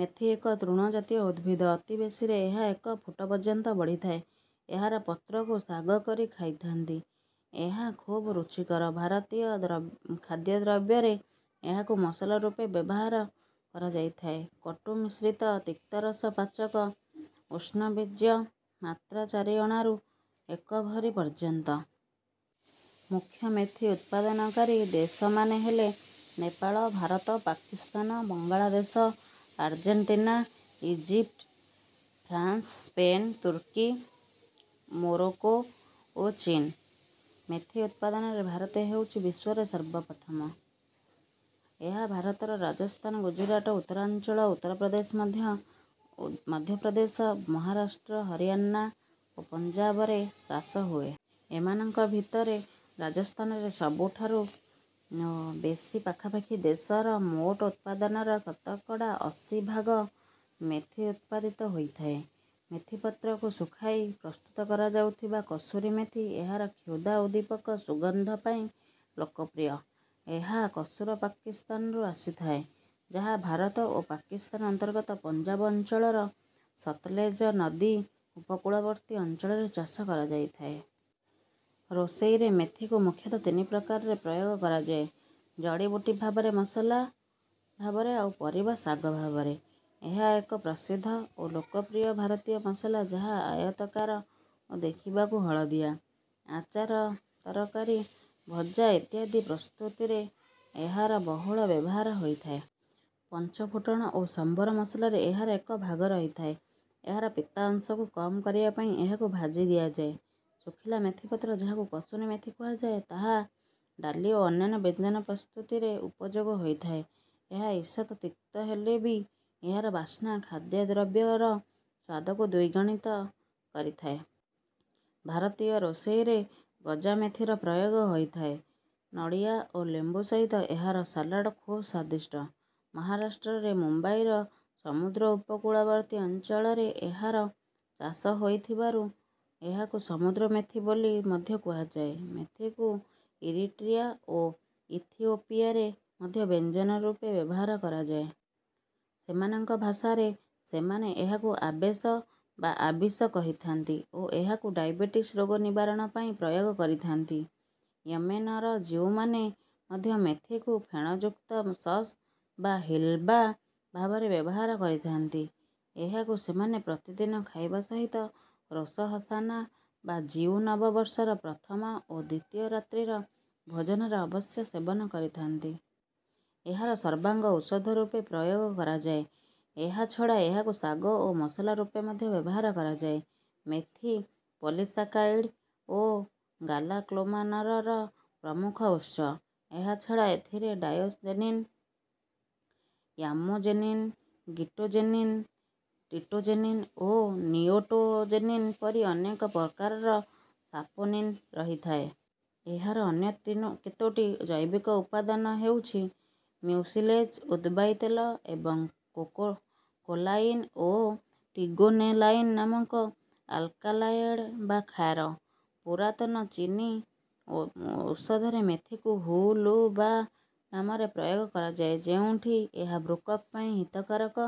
ମେଥି ଏକ ତୃଣ ଜାତୀୟ ଉଦ୍ଭିଦ। ଅତି ବେଶୀରେ ଏହା ଏକ ଫୁଟ ପର୍ଯ୍ୟନ୍ତ ବଢ଼ିଥାଏ। ଏହାର ପତ୍ରକୁ ଶାଗ କରି ଖାଇଥାନ୍ତି। ଏହା ଖୁବ୍ ରୁଚିକର। ଭାରତୀୟ ଦ୍ରବ୍ ଖାଦ୍ୟଦ୍ରବ୍ୟରେ ଏହାକୁ ମସଲା ରୂପେ ବ୍ୟବହାର କରାଯାଇଥାଏ। କଟୁ ମିଶ୍ରିତ ତିକ୍ତରସ ପାଚକ ଉଷ୍ଣବୀର୍ଯ୍ୟ। ମାତ୍ରା ଚାରିଅଣାରୁ ଏକ ଭରି ପର୍ଯ୍ୟନ୍ତ। ମୁଖ୍ୟ ମେଥି ଉତ୍ପାଦନକାରୀ ଦେଶମାନେ ହେଲେ Nepal Bharat Pakistan Bangladesh Argentina Egypt France Spain ତୁର୍କୀ ମୋରୋକୋ ଓ ଚୀନ୍। ମେଥି ଉତ୍ପାଦନରେ ଭାରତ ହେଉଛି ବିଶ୍ୱରେ ସର୍ବ ପ୍ରଥମ। ଏହା ଭାରତର ରାଜସ୍ଥାନ ଗୁଜରାଟ ଉତ୍ତରାଞ୍ଚଳ ଉତ୍ତର ପ୍ରଦେଶ ମଧ୍ୟ ମଧ୍ୟ ପ୍ରଦେଶ ମହାରାଷ୍ଟ୍ର ହରିୟାଣା ଓ ପଞ୍ଜାବରେ ଚାଷ ହୁଏ। ଏମାନଙ୍କ ଭିତରେ ରାଜସ୍ଥାନରେ ସବୁଠାରୁ ବେଶି ପାଖାପାଖି ଦେଶର ମୋଟ ଉତ୍ପାଦନର ଶତକଡ଼ା ଅଶୀ ଭାଗ ମେଥି ଉତ୍ପାଦିତ ହୋଇଥାଏ। ମେଥିପତ୍ରକୁ ଶୁଖାଇ ପ୍ରସ୍ତୁତ କରାଯାଉଥିବା କସୁରି ମେଥି ଏହାର କ୍ଷୁଧା ଉଦ୍ଦୀପକ ସୁଗନ୍ଧ ପାଇଁ ଲୋକପ୍ରିୟ। ଏହା କସୁର ପାକିସ୍ତାନରୁ ଆସିଥାଏ ଯାହା ଭାରତ ଓ ପାକିସ୍ତାନ ଅନ୍ତର୍ଗତ ପଞ୍ଜାବ ଅଞ୍ଚଳର ସତଲେଜ ନଦୀ ଉପକୂଳବର୍ତ୍ତୀ ଅଞ୍ଚଳରେ ଚାଷ କରାଯାଇଥାଏ। ରୋଷେଇରେ ମେଥିକୁ ମୁଖ୍ୟତଃ ତିନି ପ୍ରକାରରେ ପ୍ରୟୋଗ କରାଯାଏ ଜଡ଼ିବୁଟି ଭାବରେ ମସଲା ଭାବରେ ଆଉ ପରିବା ଶାଗ ଭାବରେ। ଏହା ଏକ ପ୍ରସିଦ୍ଧ ଲୋକପ୍ରିୟ ଭାରତୀୟ ମସଲା ଯାହା ଆୟତାକାର ଓ ଦେଖିବାକୁ ହଳଦିଆ। ଆଚାର ତରକାରି ଭଜା ଇତ୍ୟାଦି ପ୍ରସ୍ତୁତିରେ ଏହାର ବହୁଳ ବ୍ୟବହାର ହୋଇଥାଏ। ପଞ୍ଚଫୁଟଣ ଓ ସମ୍ବର ମସଲାରେ ଏହାର ଏକ ଭାଗ ରହିଥାଏ। ଏହାର ପିତା ଅଂଶକୁ କମ୍ କରିବା ପାଇଁ ଏହାକୁ ଭାଜି ଦିଆଯାଏ। ଶୁଖିଲା ମେଥିପତ୍ର ଯାହାକୁ କସୁରି ମେଥି କୁହାଯାଏ ତାହା ଡାଲି ଓ ଅନ୍ୟାନ୍ୟ ବ୍ୟଞ୍ଜନ ପ୍ରସ୍ତୁତିରେ ଉପଯୋଗ ହୋଇଥାଏ। ଏହା ଈଷତ୍ ତିକ୍ତ ହେଲେ ବି ଏହାର ବାସ୍ନା ଖାଦ୍ୟଦ୍ରବ୍ୟର ସ୍ୱାଦକୁ ଦ୍ୱିଗୁଣିତ କରିଥାଏ। ଭାରତୀୟ ରୋଷେଇରେ ଗଜାମେଥିର ପ୍ରୟୋଗ ହୋଇଥାଏ। ନଡ଼ିଆ ଓ ଲେମ୍ବୁ ସହିତ ଏହାର ସାଲାଡ୍ ଖୁବ୍ ସ୍ୱାଦିଷ୍ଠ। ମହାରାଷ୍ଟ୍ରରେ ମୁମ୍ବାଇର ସମୁଦ୍ର ଉପକୂଳବର୍ତ୍ତୀ ଅଞ୍ଚଳରେ ଏହାର ଚାଷ ହୋଇଥିବାରୁ ଏହାକୁ ସମୁଦ୍ର ମେଥି ବୋଲି ମଧ୍ୟ କୁହାଯାଏ। ମେଥିକୁ ଇରିଟ୍ରିଆ ଓ ଇଥିଓପିଆରେ ମଧ୍ୟ ବ୍ୟଞ୍ଜନ ରୂପେ ବ୍ୟବହାର କରାଯାଏ। ସେମାନଙ୍କ ଭାଷାରେ ସେମାନେ ଏହାକୁ ଆବେଶ ବା ଆବିଶ କହିଥାନ୍ତି ଓ ଏହାକୁ ଡାଇବେଟିସ୍ ରୋଗ ନିବାରଣ ପାଇଁ ପ୍ରୟୋଗ କରିଥାନ୍ତି। ୟେମେନର ଜିଉମାନେ ମଧ୍ୟ ମେଥିକୁ ଫେଣଯୁକ୍ତ ସସ୍ ବା ହିଲ୍‌ବା ଭାବରେ ବ୍ୟବହାର କରିଥାନ୍ତି। ଏହାକୁ ସେମାନେ ପ୍ରତିଦିନ ଖାଇବା ସହିତ ରୋଶ ହସାନା ବା ଜିଉ ନବବର୍ଷର ପ୍ରଥମ ଓ ଦ୍ୱିତୀୟ ରାତ୍ରିର ଭୋଜନର ଅବଶ୍ୟ ସେବନ କରିଥାନ୍ତି। ଏହାର ସର୍ବାଙ୍ଗ ଔଷଧ ରୂପେ ପ୍ରୟୋଗ କରାଯାଏ। ଏହା ଛଡ଼ା ଏହାକୁ ଶାଗ ଓ ମସଲା ରୂପେ ମଧ୍ୟ ବ୍ୟବହାର କରାଯାଏ। ମେଥି ପଲିସାକାଇଡ୍ ଓ ଗାଲାକୋମାନନ୍‌ର ପ୍ରମୁଖ ଉତ୍ସ। ଏହା ଛଡ଼ା ଏଥିରେ ଡାୟୋସଜେନିନ୍ ୟାମୋଜେନିନ୍ ଗିଟୋଜେନିନ୍ ଟିଟୋଜେନିନ୍ ଓ ନିଓଟୋଜେନିନ୍ ପରି ଅନେକ ପ୍ରକାରର ସାପୋନିନ୍ ରହିଥାଏ। ଏହାର ଅନ୍ୟ ତିନୋ କେତୋଟି ଜୈବିକ ଉପାଦାନ ହେଉଛି ମ୍ୟୁସିଲେଜ୍ ଉଦ୍‌ବାୟୀ ତେଲ ଏବଂ କୋକୋ କୋଲାଇନ୍ ଓ ଟ୍ରିଗୋନେଲାଇନ୍ ନାମକ ଆଲକାଲଏଡ୍ ବା କ୍ଷାର। ପୁରାତନ ଚୀନୀ ଓ ଔଷଧରେ ମେଥିକୁ ହୁ ଲୁ ବା ନାମରେ ପ୍ରୟୋଗ କରାଯାଏ ଯେଉଁଠି ଏହା ବୃକ୍‌କ ପାଇଁ ହିତକାରକ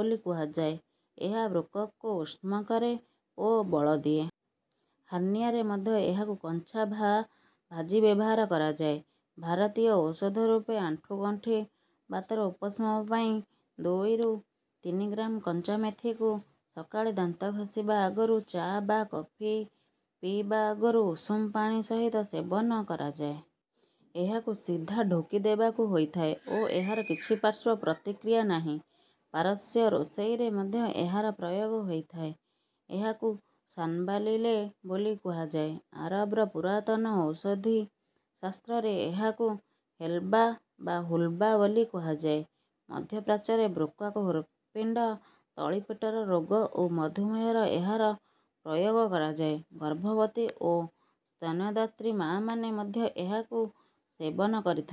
ବୋଲି କୁହାଯାଏ। ଏହା ବୃକ୍‌କକୁ ଉଷ୍ଣ କରେ ଓ ବଳ ଦିଏ। ହାର୍ଣ୍ଣିଆରେ ମଧ୍ୟ ଏହାକୁ କଞ୍ଚା ବା ଭାଜି ବ୍ୟବହାର କରାଯାଏ। ଭାରତୀୟ ଔଷଧ ରୂପେ ଆଣ୍ଠୁଗଣ୍ଠି ବାତର ଉପଶମ ପାଇଁ ଦୁଇରୁ ତିନି ଗ୍ରାମ କଞ୍ଚା ମେଥିକୁ ସକାଳେ ଦାନ୍ତ ଘଷିବା ଆଗରୁ ଚା ବା କଫି ପିଇବା ଆଗରୁ ଉଷୁମ ପାଣି ସହିତ ସେବନ କରାଯାଏ। ଏହାକୁ ସିଧା ଢୋକି ଦେବାକୁ ହୋଇଥାଏ ଓ ଏହାର କିଛି ପାର୍ଶ୍ୱ ପ୍ରତିକ୍ରିୟା ନାହିଁ। ପାରସ୍ୟ ରୋଷେଇରେ ମଧ୍ୟ ଏହାର ପ୍ରୟୋଗ ହୋଇଥାଏ। ଏହାକୁ ସାନବାଲିଲେ ବୋଲି କୁହାଯାଏ। ଆରବର ପୁରାତନ ଔଷଧି ଶାସ୍ତ୍ରରେ ଏହାକୁ ହେଲ୍‌ବା ବା ହୁଲ୍‌ବା ବୋଲି କୁହାଯାଏ। ମଧ୍ୟ ପ୍ରାଚ୍ୟରେ ବୃକ୍‌କ ହୃତ୍‌ପିଣ୍ଡ ତଳିପେଟର ରୋଗ ଓ ମଧୁମେହର ଏହାର ପ୍ରୟୋଗ କରାଯାଏ। ଗର୍ଭବତୀ ଓ ସ୍ତନ୍ୟଦାତ୍ରୀ ମାଆମାନେ ମଧ୍ୟ ଏହାକୁ ସେବନ କରିଥା